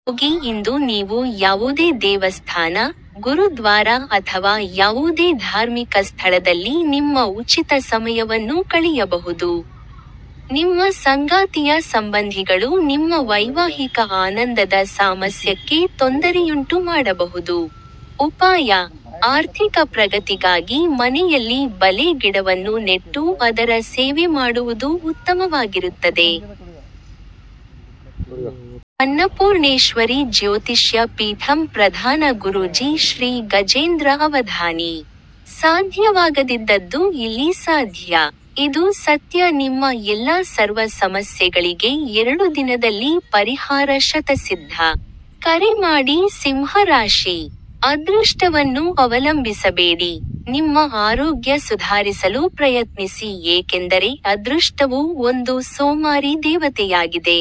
ದೂರ ಹೋಗಿ ಇಂದು ನೀವು ಯಾವುದೇ ದೇವಸ್ಥಾನ, ಗುರುದ್ವಾರ ಅಥವಾ ಯಾವುದೇ ಧಾರ್ಮಿಕ ಸ್ಥಳದಲ್ಲಿ ನಿಮ್ಮ ಉಚಿತ ಸಮಯವನ್ನು ಕಳೆಯಬಹುದು. ನಿಮ್ಮ ಸಂಗಾತಿಯ ಸಂಬಂಧಿಗಳು ನಿಮ್ಮ ವೈವಾಹಿಕ ಆನಂದದ ಸಾಮರಸ್ಯಕ್ಕೆ ತೊಂದರೆಯುಂಟು ಮಾಡಬಹುದು. ಉಪಾಯ:- ಆರ್ಥಿಕ ಪ್ರಗತಿಗಾಗಿ ಮನೆಯಲ್ಲಿ ಬಲೇ ಗಿಡವನ್ನು ನೆಟ್ಟು ಅದರ ಸೇವೆ ಮಾಡುವುದು ಉತ್ತಮವಾಗಿರುತ್ತದೆ. ಶ್ರೀ ಅನ್ನಪೂರ್ಣೇಶ್ವರಿ ಜ್ಯೋತಿಷ್ಯ ಪೀಠಂ ಪ್ರಧಾನ ಗುರೂಜಿ ಶ್ರೀ ಗಜೇಂದ್ರ ಅವಧಾನಿ. ಸಾಧ್ಯವಾಗದಿದ್ದದ್ದು ಇಲ್ಲಿ ಸಾಧ್ಯ. ಇದು ಸತ್ಯ ನಿಮ್ಮ ಎಲ್ಲಾ ಸರ್ವ ಸಮಸ್ಯೆಗಳಿಗೆ ಎರಡು ದಿನದಲ್ಲಿ ಪರಿಹಾರ ಶತಸಿದ್ಧ. ಕರೆ ಮಾಡಿ ಸಿಂಹ ರಾಶಿ: ಅದೃಷ್ಟವನ್ನು ಅವಲಂಬಿಸಬೇಡಿ, ನಿಮ್ಮ ಆರೋಗ್ಯ ಸುಧಾರಿಸಲು ಪ್ರಯತ್ನಿಸಿ ಏಕೆಂದರೆ ಅದೃಷ್ಟವು ಒಂದು ಸೋಮಾರಿ ದೇವತೆಯಾಗಿದೆ.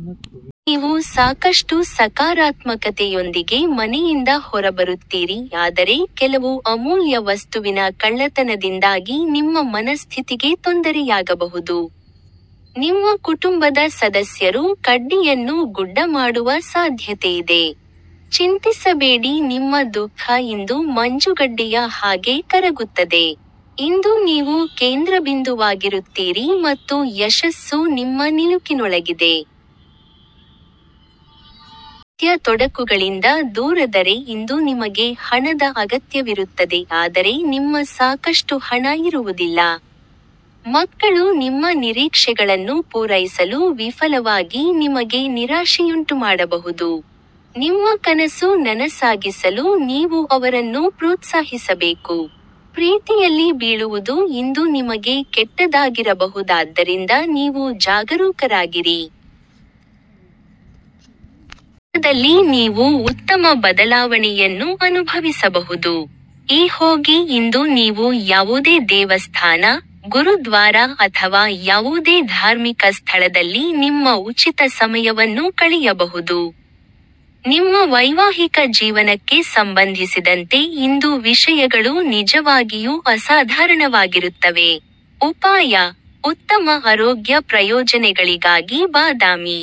ಇಂದು ನೀವು ಸಾಕಷ್ಟು ಸಕಾರಾತ್ಮಕತೆಯೊಂದಿಗೆ ಮನೆಯಿಂದ ಹೊರಬರುತ್ತೀರಿ ಆದರೆ ಕೆಲವು ಅಮೂಲ್ಯ ವಸ್ತುವಿನ ಕಳ್ಳತನದಿಂದಾಗಿ ನಿಮ್ಮ ಮನಸ್ಥಿತಿಗೆ ತೊಂದರೆಯಾಗಬಹುದು. ನಿಮ್ಮ ಕುಟುಂಬದ ಸದಸ್ಯರು ಕಡ್ಡಿಯನ್ನು ಗುಡ್ಡ ಮಾಡುವ ಸಾಧ್ಯತೆಯಿದೆ. ಚಿಂತಿಸಬೇಡಿ ನಿಮ್ಮ ದುಃಖ ಇಂದು ಮಂಜುಗಡ್ಡೆಯ ಹಾಗೆ ಕರಗುತ್ತದೆ. ಇಂದು ನೀವು ಕೇಂದ್ರಬಿಂದುವಾಗಿರುತ್ತೀರಿ ಮತ್ತು ಯಶಸ್ಸು ನಿಮ್ಮ ನಿಲುಕಿನೊಳಗಿದೆ. ಅನಗತ್ಯ ತೊಡಕುಗಳಿಂದ ದೂರ ದರೆ ಇಂದು ನಿಮಗೆ ಹಣದ ಅಗತ್ಯವಿರುತ್ತದೆ ಆದರೆ ನಿಮ್ಮ ಸಾಕಷ್ಟು ಹಣ ಇರುವುದಿಲ್ಲ. ಮಕ್ಕಳು ನಿಮ್ಮ ನಿರೀಕ್ಷೆಗಳನ್ನು ಪೂರೈಸಲು ವಿಫಲವಾಗಿ ನಿಮಗೆ ನಿರಾಶೆಯುಂಟುಮಾಡಬಹುದು. ನಿಮ್ಮ ಕನಸು ನನಸಾಗಿಸಲು ನೀವು ಅವರನ್ನು ಪ್ರೋತ್ಸಾಹಿಸಬೇಕು. ಪ್ರೀತಿಯಲ್ಲಿ ಬೀಳುವುದು ಇಂದು ನಿಮಗೆ ಕೆಟ್ಟದಾಗಿರಬಹುದಾದ್ದರಿಂದ ನೀವು ಜಾಗರೂಕರಾಗಿರಿ. ಕೆಲಸದಲ್ಲಿ ನೀವು ಉತ್ತಮ ಬದಲಾವಣೆಯನ್ನು ಅನುಭವಿಸಬಹುದು. ಈ ಹೋಗಿ ಇಂದು ನೀವು ಯಾವುದೇ ದೇವಸ್ಥಾನ, ಗುರುದ್ವಾರ ಅಥವಾ ಯಾವುದೇ ಧಾರ್ಮಿಕ ಸ್ಥಳದಲ್ಲಿ ನಿಮ್ಮ ಉಚಿತ ಸಮಯವನ್ನು ಕಳೆಯಬಹುದು. ನಿಮ್ಮ ವೈವಾಹಿಕ ಜೀವನಕ್ಕೆ ಸಂಬಂಧಿಸಿದಂತೆ ಇಂದು ವಿಷಯಗಳು ನಿಜವಾಗಿಯೂ ಅಸಾಧಾರಣವಾಗಿರುತ್ತವೆ. ಉಪಾಯ:- ಉತ್ತಮ ಅರೋಗ್ಯ ಪ್ರಯೋಜನೆಗಳಿಗಾಗಿ ಬಾದಾಮಿ,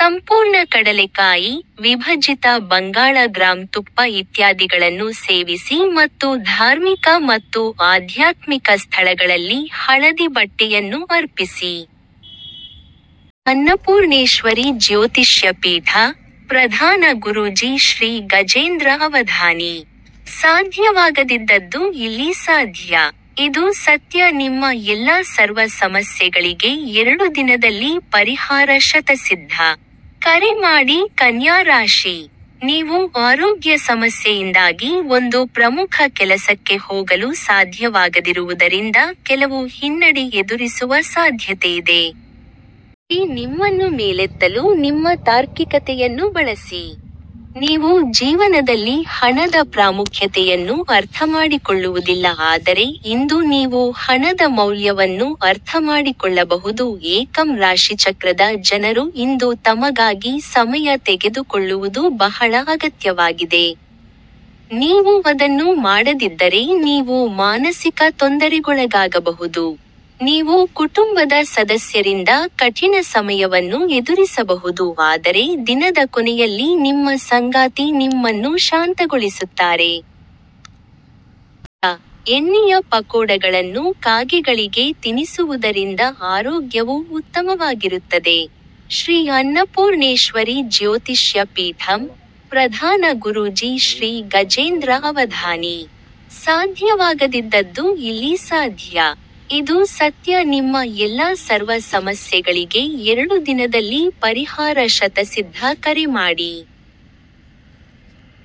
ಸಂಪೂರ್ಣ ಕಡಲೆಕಾಯಿ, ವಿಭಜಿತ ಬಂಗಾಳ ಗ್ರಾಂ ತುಪ್ಪ ಇತ್ಯಾದಿಗಳನ್ನು ಸೇವಿಸಿ ಮತ್ತು ಧಾರ್ಮಿಕ ಮತ್ತು ಆಧ್ಯಾತ್ಮಿಕ ಸ್ಥಳಗಳಲ್ಲಿ ಹಳದಿ ಬಟ್ಟೆಯನ್ನು ಅರ್ಪಿಸಿ. ಶ್ರೀ ಅನ್ನಪೂರ್ಣೇಶ್ವರಿ ಜ್ಯೋತಿಷ್ಯ ಪೀಠ, ಪ್ರಧಾನ ಗುರೂಜಿ ಶ್ರೀ ಗಜೇಂದ್ರ ಅವಧಾನಿ. ಸಾಧ್ಯವಾಗದಿದ್ದದ್ದು ಇಲ್ಲಿ ಸಾಧ್ಯ. ಇದು ಸತ್ಯ ನಿಮ್ಮ ಎಲ್ಲಾ ಸರ್ವ ಸಮಸ್ಯೆಗಳಿಗೆ ಎರಡು ದಿನದಲ್ಲಿ ಪರಿಹಾರ ಶತಸಿದ್ಧ. ಕರೆ ಮಾಡಿ ಕನ್ಯಾ ರಾಶಿ: ನೀವು ಆರೋಗ್ಯ ಸಮಸ್ಯೆಯಿಂದಾಗಿ ಒಂದು ಪ್ರಮುಖ ಕೆಲಸಕ್ಕೆ ಹೋಗಲು ಸಾಧ್ಯವಾಗದಿರುವುದರಿಂದ ಕೆಲವು ಹಿನ್ನಡೆ ಎದುರಿಸುವ ಸಾಧ್ಯತೆಯಿದೆ. ಆದರೆ ನಿಮ್ಮನ್ನು ಮೇಲೆತ್ತಲು ನಿಮ್ಮ ತಾರ್ಕಿಕತೆಯನ್ನು ಬಳಸಿ. ನೀವು ಜೀವನದಲ್ಲಿ ಹಣದ ಪ್ರಾಮುಖ್ಯತೆಯನ್ನು ಅರ್ಥಮಾಡಿಕೊಳ್ಳುವುದಿಲ್ಲ ಆದರೆ ಇಂದು ನೀವು ಹಣದ ಮೌಲ್ಯವನ್ನು ಅರ್ಥಮಾಡಿಕೊಳ್ಳಬಹುದು ಏಕಂ ರಾಶಿಚಕ್ರದ ಜನರು ಇಂದು ತಮಗಾಗಿ ಸಮಯ ತೆಗೆದುಕೊಳ್ಳುವುದು ಬಹಳ ಅಗತ್ಯವಾಗಿದೆ. ನೀವು ಅದನ್ನು ಮಾಡದಿದ್ದರೆ ನೀವು ಮಾನಸಿಕ ತೊಂದರೆಗೊಳಗಾಗಬಹುದು. ನೀವು ಕುಟುಂಬದ ಸದಸ್ಯರಿಂದ ಕಠಿಣ ಸಮಯವನ್ನು ಎದುರಿಸಬಹುದು ಆದರೆ ದಿನದ ಕೊನೆಯಲ್ಲಿ ನಿಮ್ಮ ಸಂಗಾತಿ ನಿಮ್ಮನ್ನು ಶಾಂತಗೊಳಿಸುತ್ತಾರೆ. ಉಪಾಯ:- ಎಣ್ಣೆಯ ಪಕೋಡಗಳನ್ನು ಕಾಗೆಗಳಿಗೆ ತಿನಿಸುವುದರಿಂದ ಆರೋಗ್ಯವು ಉತ್ತಮವಾಗಿರುತ್ತದೆ. ಶ್ರೀ ಅನ್ನಪೂರ್ಣೇಶ್ವರಿ ಜ್ಯೋತಿಷ್ಯ ಪೀಠಂ, ಪ್ರಧಾನ ಗುರೂಜಿ ಶ್ರೀ ಗಜೇಂದ್ರ ಅವಧಾನಿ. ಸಾಧ್ಯವಾಗದಿದ್ದದ್ದು ಇಲ್ಲಿ ಸಾಧ್ಯ. ಇದು ಸತ್ಯ ನಿಮ್ಮ ಎಲ್ಲಾ ಸರ್ವ ಸಮಸ್ಯೆಗಳಿಗೆ ಎರಡು ದಿನದಲ್ಲಿ ಪರಿಹಾರ ಶತಸಿದ್ಧ ಕರೆ ಮಾಡಿ.